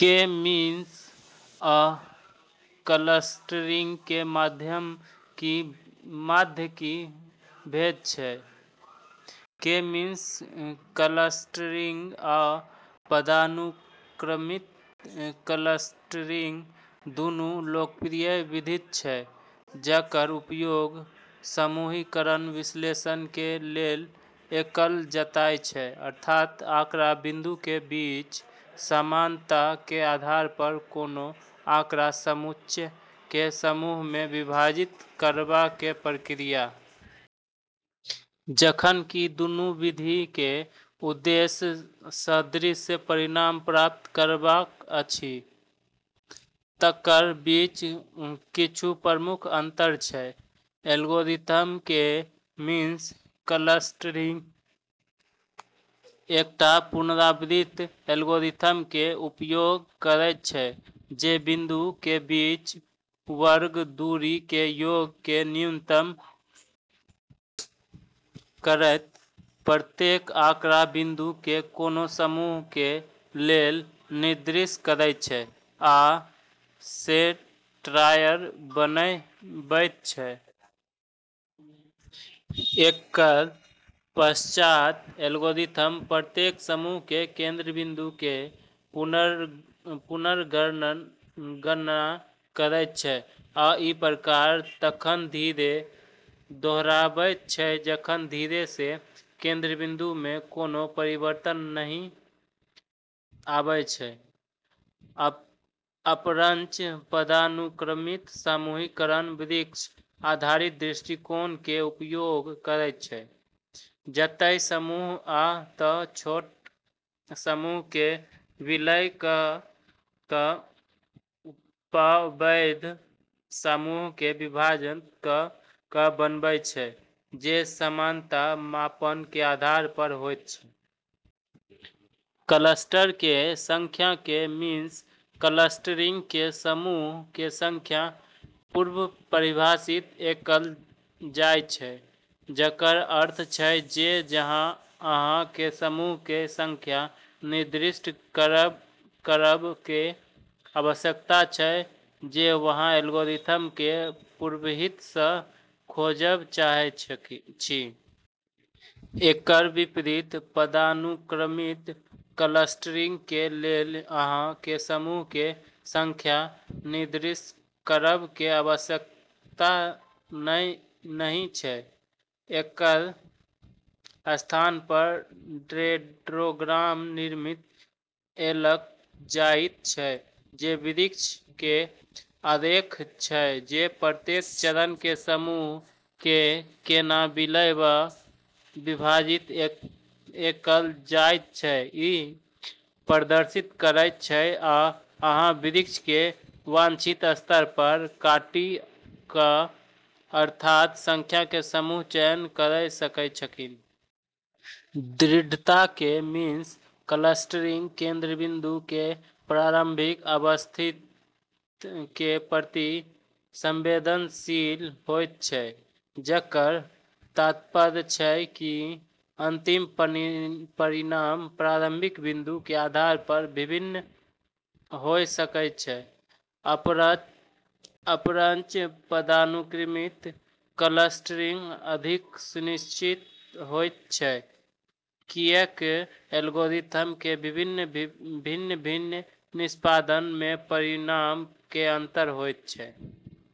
K-means आ clustering के मध्य की भेद छै? के-मीन्स क्लस्टरिंग आ पदानुक्रमित क्लस्टरिंग दुनू लोकप्रिय विधि छै जकर उपयोग समूहीकरण विश्लेषण के लेल कएल जाइत छै, अर्थात आँकड़ा बिंदु के बीच समानता के आधार पर कोनो आँकड़ा-समुच्चय के समूह में विभाजित करब के प्रक्रिया। जखन कि दुनु विधि के उद्देश्य सदृश परिणाम प्राप्त करब अछि, तकर बीच किछु प्रमुख अंतर छै: एल्गोरिथ्म: के-मीन्स क्लस्टरिंग एकटा पुनरावृत्ति एल्गोरिथ्म के उपयोग करैत छै जे बिंदु के बीच वर्ग दूरी के योग के न्यूनतम करैत प्रत्येक आँकड़ा बिंदु के कोनो समूह के लेल निर्दिष्ट करैत छै आ सेंट्रायड बनबैत छै। एककर पश्चात एल्गोरिथ्म प्रत्येक समूह के केंद्रबिंदु के पुनर्गणना करैत छै आ ई प्रक्रिया तखन धरि दोहराबैत छै जखन धरि कि केंद्रबिंदु में कोनो परिवर्तन नहि आबै छै। अपरंच, पदानुक्रमित समूहीकरण वृक्ष आधारित दृष्टिकोण के उपयोग करैत छै, जतय समूह या तँ छोट समूह के विलय क' क' वा पैघ समूहकेँ विभाजित क' क' बनैत छै, जे समानता मापन के आधार पर होइत छै। क्लस्टर के संख्या: के-मीन्स क्लस्टरिंग में, समूह के संख्या पूर्व-परिभाषित कएल जाइत छै, जकर अर्थ छै जे अहाँ के समूह के संख्या निर्दिष्ट करब के आवश्यकता छै जे अहाँ एल्गोरिथ्म के पूर्वहि सँ खोजब चाहै छी। एककर विपरीत, पदानुक्रमित क्लस्टरिंग के लेल अहाँ के समूह के संख्या निर्दिष्ट करब के आवश्यकता नहि छै। एककर स्थान पर डेंड्रोग्राम निर्मित कएल जाइत छै, जे वृक्ष के आरेख छै जे प्रत्येक चरण में समूह के केना विलय वा विभाजित कएल जाइत छै, ई प्रदर्शित करैत छै, आ अहाँ वृक्ष के वांछित स्तर पर काटि कऽ यथार्थ संख्या मे समूह चयन कऽ सकै छी। दृढ़ता: के-मीन्स क्लस्टरिंग केंद्रबिंदु के प्रारंभिक अवस्थिति के प्रति संवेदनशील होइत छै, जकर तात्पर्य छै कि अंतिम परिणाम प्रारंभिक बिंदु के आधार पर भिन्न होय सकै छै। अपरंच, पदानुक्रमित क्लस्टरिंग अधिक निश्चित होइत छै, किएक एल्गोरिथ्म के भिन्न-भिन्न निष्पादन में परिणाम मे अंतर नहि होइत छै।